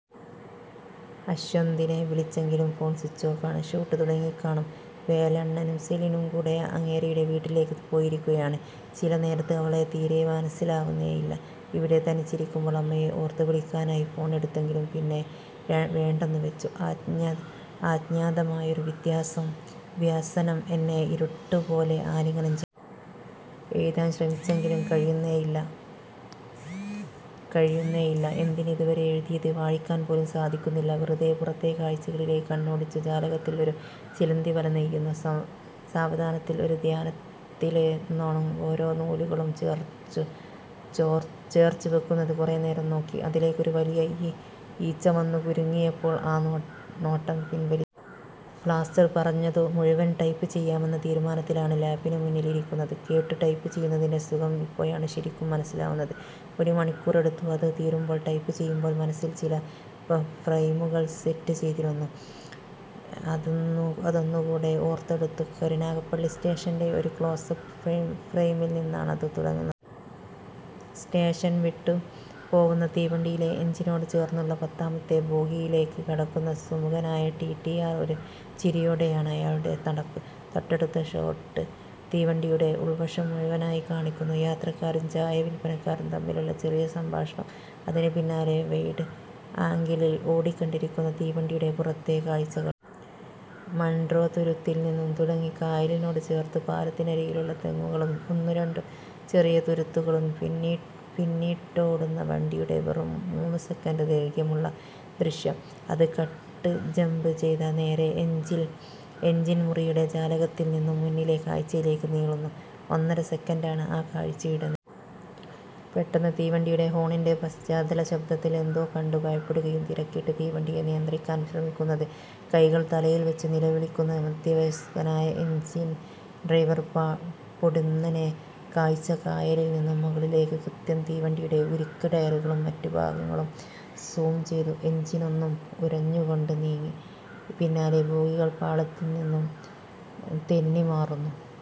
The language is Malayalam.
അശ്വന്തിനെ വിളിച്ചെങ്കിലും ഫോൺ സ്വിച്ചോഫ് ആണ്. ഷൂട്ട് തുടങ്ങിക്കാണും. വേലണ്ണനും സെലിനും കൂടെ അങ്ങേരുടെ വീട്ടിലേക്ക് പോയിരിക്കുകയാണ്. ചില നേരത്ത് അവളെ തീരെ മനസിലാവുന്നേയില്ല. ഇവിടെ തനിച്ചിരിക്കുമ്പോൾ അമ്മയെ ഓർത്തു. വിളിക്കാനായി ഫോൺ എടുത്തെങ്കിലും പിന്നെ വേണ്ടെന്നു വെച്ചു. അജ്ഞാതമായൊരു വ്യസനം എന്നെ ഇരുട്ടുപോലെ ആലിംഗനം ചെയ്യുന്നു. എഴുതാൻ ശ്രമിച്ചെങ്കിലും കഴിയുന്നേയില്ല. എന്തിന്, ഇതുവരെ എഴുതിയത് വായിക്കാൻ പോലും സാധിക്കുന്നില്ല. വെറുതെ പുറത്തെ കാഴ്ചകളിലേക്ക് കണ്ണോടിച്ചു. ജാലകത്തിൽ ഒരു ചിലന്തി വല നെയ്യുന്നു. സാവധാനത്തിൽ, ഒരു ധ്യാനത്തിലെന്നോണം ഓരോ നൂലുകളും ചേർച്ചു വെക്കുന്നത് കുറേനേരം നോക്കി. അതിലേക്കൊരു വലിയ ഈച്ച വന്നു കുരുങ്ങിയപ്പോൾ ആ നോട്ടം പിൻവലിച്ചു. പാസ്റ്റർ പറഞ്ഞതു മുഴുവൻ ടെപ്പ് ചെയ്യാമെന്ന തീരുമാനത്തിലാണ് ലാപിനു മുന്നിൽ ഇരിക്കുന്നത്. കേട്ടു ടെപ്പ് ചെയ്യുന്നതിന്റെ സുഖം ഇപ്പോഴാണ് ശരിക്കും മനസിലാവുന്നത്. ഒരുമണിക്കൂറെടുത്തു അത് തീരുമ്പോൾ. ടൈപ്പ് ചെയ്യുമ്പോൾ മനസിൽ ചില ഫ്രൈമുകൾ സെറ്റ് ചെയ്തിരുന്നു. അതൊന്നുകൂടെ ഓർത്തെടുത്തു; കരുനാഗപ്പള്ളി സ്റ്റേഷന്റെ ഒരു ക്ലോസപ്പ് ഫ്രൈമിൽ നിന്നാണതു തുടങ്ങുന്നത്. സ്റ്റേഷൻ വിട്ടുപോവുന്ന തീവണ്ടിയിലെ എഞ്ചിനോടു ചേർന്നുള്ള പത്താമത്തെ ബോഗിയിലേക്ക് കടക്കുന്ന സുമുഖനായ ടീടി ആർ. ഒരു ചിരിയോടെയാണ് അയാളുടെ നടപ്പ്. തൊട്ടടുത്ത ഷോട്ട്, തീവണ്ടിയുടെ ഉൾവശം മുഴുവനായി കാണിക്കുന്നു. യാത്രക്കാരും ചായ വിൽപ്പനക്കാരും തമ്മിലുള്ള ചെറിയ സംഭാഷണം. അതിനു പിന്നാലെ വൈഡ് ആംഗിളിൽ ഓടിക്കൊണ്ടിരിക്കുന്ന തീവണ്ടിയുടെ പുറത്തെ കാഴ്ചകൾ. മൺറോ തുരുത്തിൽ നിന്നും തുടങ്ങി കായലിനോടു ചേർന്ന്, പാലത്തിനരികിലുള്ള തെങ്ങുകളും ഒന്നുരണ്ടു ചെറിയ തുരുത്തുകളും പിന്നിട്ടോടുന്ന വണ്ടിയുടെ വെറും മൂന്നുസെക്കന്റ് ദൈർഖ്യമുള്ള ദൃശ്യം. അത് കട്ട്ജംബ് ചെയ്ത നേരെ എഞ്ചിൻ മുറിയുടെ ജാലകത്തിൽ നിന്നും മുന്നിലെ കാഴ്ചയിലേക്ക് നീളുന്നു… ഒന്നര സെക്കന്റാണ് ആ കാഴ്ച്ചയുടെ നീളം. പെട്ടന്ന് തീവണ്ടിയുടെ ഹോണിന്റെ പാശ്ചാത്തല ശബ്ദത്തിൽ എന്തോ കണ്ടു ഭയപ്പെടുകയും തിരക്കിട്ട് തീവണ്ടിയെ നിയന്ത്രിക്കാൻ ശ്രമിക്കുന്നത്. കൈകൾ തലയിൽവെച്ച് നിലവിളിക്കുന്ന മധ്യവയസ്കനായ എഞ്ചിൻ ഡ്രൈവർ. പൊടുന്നനെ കാഴ്ച കായലിൽ നിന്നും മുകളിലേക്ക്, കൃത്യം തീവണ്ടിയുടെ ഉരുക്ക് ടയറുകളും മറ്റുഭാഗങ്ങളും സൂം ചെയ്യുന്നു. എഞ്ചിനൊന്നു ഉരഞ്ഞുകൊണ്ട് നീങ്ങി, പിന്നാലെ ബോഗികൾ പാളത്തിൽ നിന്നും തെന്നി മാറുന്നു.